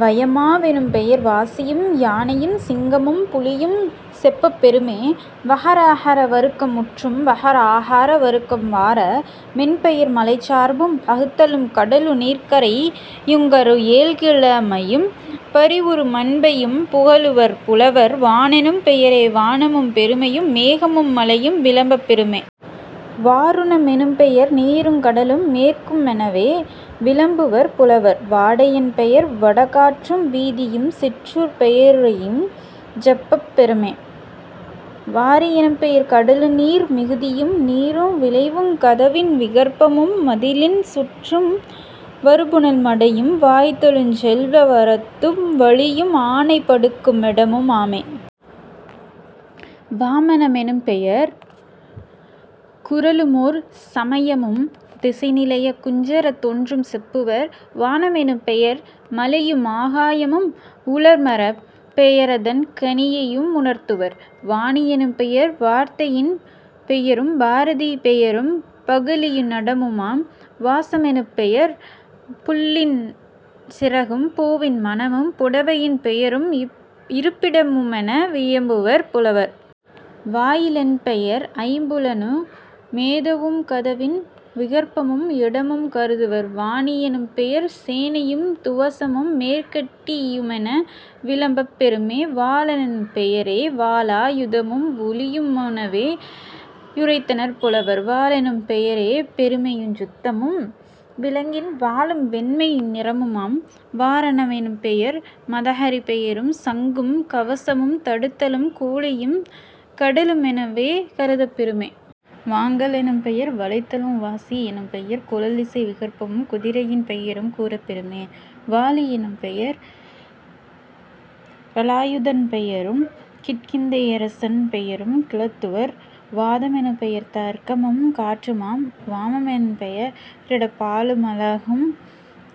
வயமா வெனும்பெயர் வாசியும் யானையும் சிங்கமும் புலியும் செப்பப் பெறுமே..... வகர அகர வருக்கம் முற்றும். வகர ஆகார வருக்கம் வார மென்பெயர் மலைச்சார்பும் பகுத்தலும் கடலு நீர்க்கரை யுங்கரு ஏழ்கிழமையும் புரிவுறு மன்பையும் புகலுவர் புலவர்..... வானெனும் பெயரே வானமும் பெருமையும் மேகமும் மழையும் விளம்பப் பெறுமே..... வாருண மெனும்பெயர் நீருங் கடலும் மேற்கு மெனவே விளம்புவர் புலவர்..... வாடை யென்பெயர் வடகாற்றும் வீதியும் சிற்றூர்ப் பெயரையுஞ் செப்பப் பெறுமே..... வாரி யெனும்பெயர் கடலு நீர் மிகுதியும் நீரும் விளைவுங் கதவின் விகற்பமும் மதிலின் சுற்றும் வருபுனல் மடையும் வாய்தலுஞ் செல்வ வரத்தும் வழியும் ஆனை படுக்கு மிடமு மாமே..... வாமன மெனும்பெயர் குறளுமோர் சமயமும் திசைநிலைக் குஞ்சரத் தொன்றும் செப்புவர்..... வான மெனும்பெயர் மழையு மாகாயமும் உலர்மரப் பெயரதன் கனியையு முணர்த்துவர்..... வாணி யெனும்பெயர் வார்த்தையின் பெயரும் பாரதி பெயரும் பகழியு நடமுமாம்..... வாச மெனும்பெயர் புள்ளின் சிறகும் பூவின் மணமும் புடைவையின் பெயரும் இருப்பிட முமென வியம்புவர் புலவர்..... வாயி லென்பெயர் ஐம்புலனு மேதுவும் கதவின் விகற்பமும் இடமும் கருதுவர்..... வானி யெனும்பெயர் சேனையும் துவசமும் மேற்கட்டி யுமென விளம்பப் பெறுமே..... வாளெனும் பெயரே வாளா யுதமும் ஒளியும் முனவே யுரைத்தனர் புலவர்..... வாலெனும் பெயரே பெருமையுஞ் சுத்தமும் விலங்கின் வாலும் வெண்மை நிறமுமாம்..... வாரணம் எனும்பெயர் மதகரிப் பெயரும் சங்கும் கவசமும் தடுத்தலும் கோழியும் கடலு மெனவே கருதப் பெறுமே..... வாங்கல் லெனும்பெயர் வளைத்தலுங் வாசி யெனும்பெயர் குழலிசை விகற்பமும் குதிரையின் பெயரும் கூறப் பெறுமே..... வாலி யெனும்பெய ரலாயுதன் பெயரும் கிட்கிந்தை யரசன் பெயரும் கிளத்துவர்..... வாத மெனும்பெயர் தர்க்கமும் காற்றுமாம்..... வாம மென்பெய ரிடப்பாலு மழகும்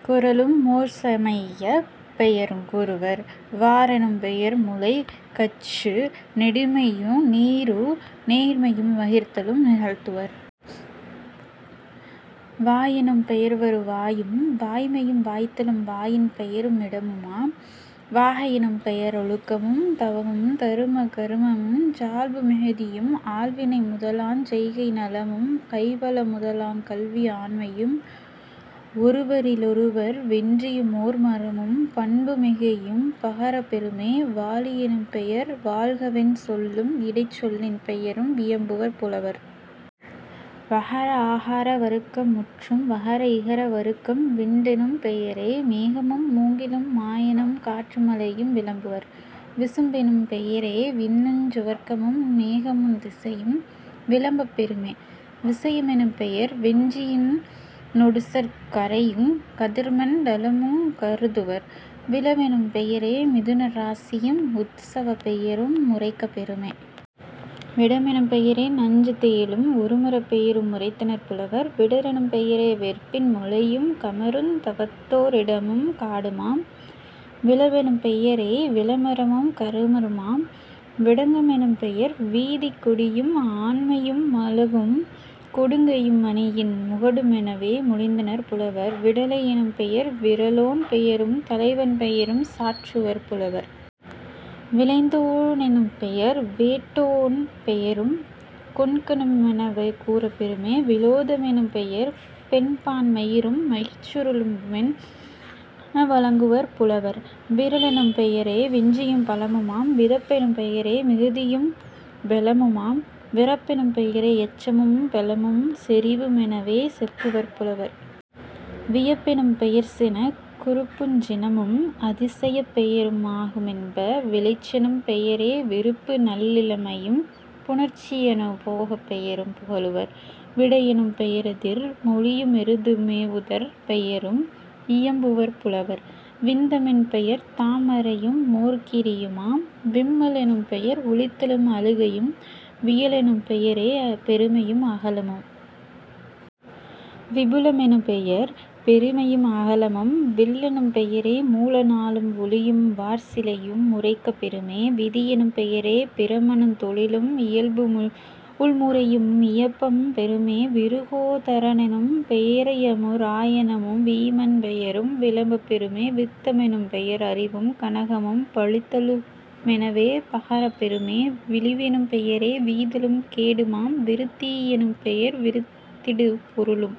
குறளு மோர்சமையப் பெயருங் கூறுவர்..... வாரெனும் பெயர்முலைக் கச்சு நெடுமையு நீரு நேர்மையும் வகிர்தலும் நிகழ்த்துவர்..... வாயெனும் பெயர்வரு வாயும் வாய்மையும் வாய்தலும் வாயின் பெயரு மிடமுமாம்..... வாகை யெனும்பெய ரொழுக்கமும் தவமும் தருமக் கருமமுஞ் சால்பு மிகுதியும் ஆள்வினை முதலாஞ் செய்கை நலமும் கைவல முதலாங் கல்வி ஆண்மையும் ஒருவரி லொருவர் வென்றியுமோர் மரமும் பண்பு மிகையும் பகரப் பெறுமே..... வாழி யெனும்பெயர் வாழ்கவென் சொல்லும் இடைச்சொலின் பெயரும் இயம்புவர் புலவர்..... வகர ஆகார வருக்கம் முற்றும். வகர இகர வருக்கம் விண்டெனும் பெயரே மேகமும் மூங்கிலும் மாயனும் காற்றும் மலையும் விளம்புவர்..... விசும்பெனும் பெயரே விண்ணுஞ் சுவர்க்கமும் மேகமுந் திசையும் விளம்பப் பெறுமே..... விசைய மெனும்பெயர் வென்றியி னொடுசர்க் கரையுங் கதிர்மண் டலமுங் கருதுவர்..... விழவெனும் பெயரே மிதுன ராசியும் உத்சவப் பெயரு முரைக்கப் பெறுமே..... விடமெனும் பெயரே நஞ்சுந் தேளும் ஒருமரப் பெயரு முரைத்தனர் புலவர்..... விடரெனும் பெயரே வெற்பின் முழையும் கமருந் தவத்தோ ரிடமும் காடுமாம்..... விளவெனும் பெயரே விளமரமும் கமருமாம்..... விடங்க மெனும்பெயர் வீதிக் கொடியும் ஆண்மையு மழகும் கொடுங்கையு மனையின் முகடு மெனவே மொழிந்தனர் புலவர்..... விடலை யெனும்பெயர் விறலோன் பெயரும் தலைவன் பெயரும் சாற்றுவர் புலவர்..... விழைந்தோ னெனும்பெயர் வேட்டோ ன் பெயரும் கொண்கனு மெனவே கூறப் பெறுமே..... விலோத மெனும்பெயர் பெண்பான் மயிரும் மியிர்ச்சுரு ளும்மென வழங்குவர் புலவர்..... விறலெனும் பெயரே வென்றியும் பலமுமாம்..... விதப்பெனும் பெயரே மிகுதியும் பெலமுமாம்..... விறப்பெனும் பெயரே யச்சமும் பெலமும் செறிவு மெனவே செப்புவர் புலவர்..... வியப்பெனும் பெயர்சினக் குறிப்புஞ் சினமும் அதிசயப் பெயரு மாகு மென்ப..... விழைச்செனும் பெயரே விருப்பு நல்லிளமையும் புணர்ச்சி யனுபோகப் பெயரும் புகலுவர்..... விடையெனும் பெயரெதிர் மொழியு மெருது மேவுதற் பெயரும் இயம்புவர் புலவர்..... விந்த மென்பெயர் தாமரையு மோர்கிரியுமாம்..... விம்ம லெனும்பெயர் ஒலித்தலும் அழுகையும்..... வியலெனும் பெயரே பெருமையும் அகலமும்..... விபுல மெனும்பெயர் பெருமையும் அகலமும்..... வில்லெனும் பெயரே மூல நாளும் ஒளியும் வார்சிலையு முரைக்கப் பெறுமே..... விதியெனும் பெயரே பிரமனுந் தொழிலும் இயல்புமூழ் முறையு மியம்பப் பெறுமே..... விருகோ தரனெனும் பெயர்யம ராயனும் வீமன் பெயரும் விளம்பப் பெறுமே..... வித்த மெனும்பெயர் அறிவும் கனகமும் பழித்தலு மெனவே பகரப் பெறுமே..... விளிவெனும் பெயரே வீதலும் கேடுமாம்..... விருத்தி யெனும்பெயர் விரித்திடு பொருளும்।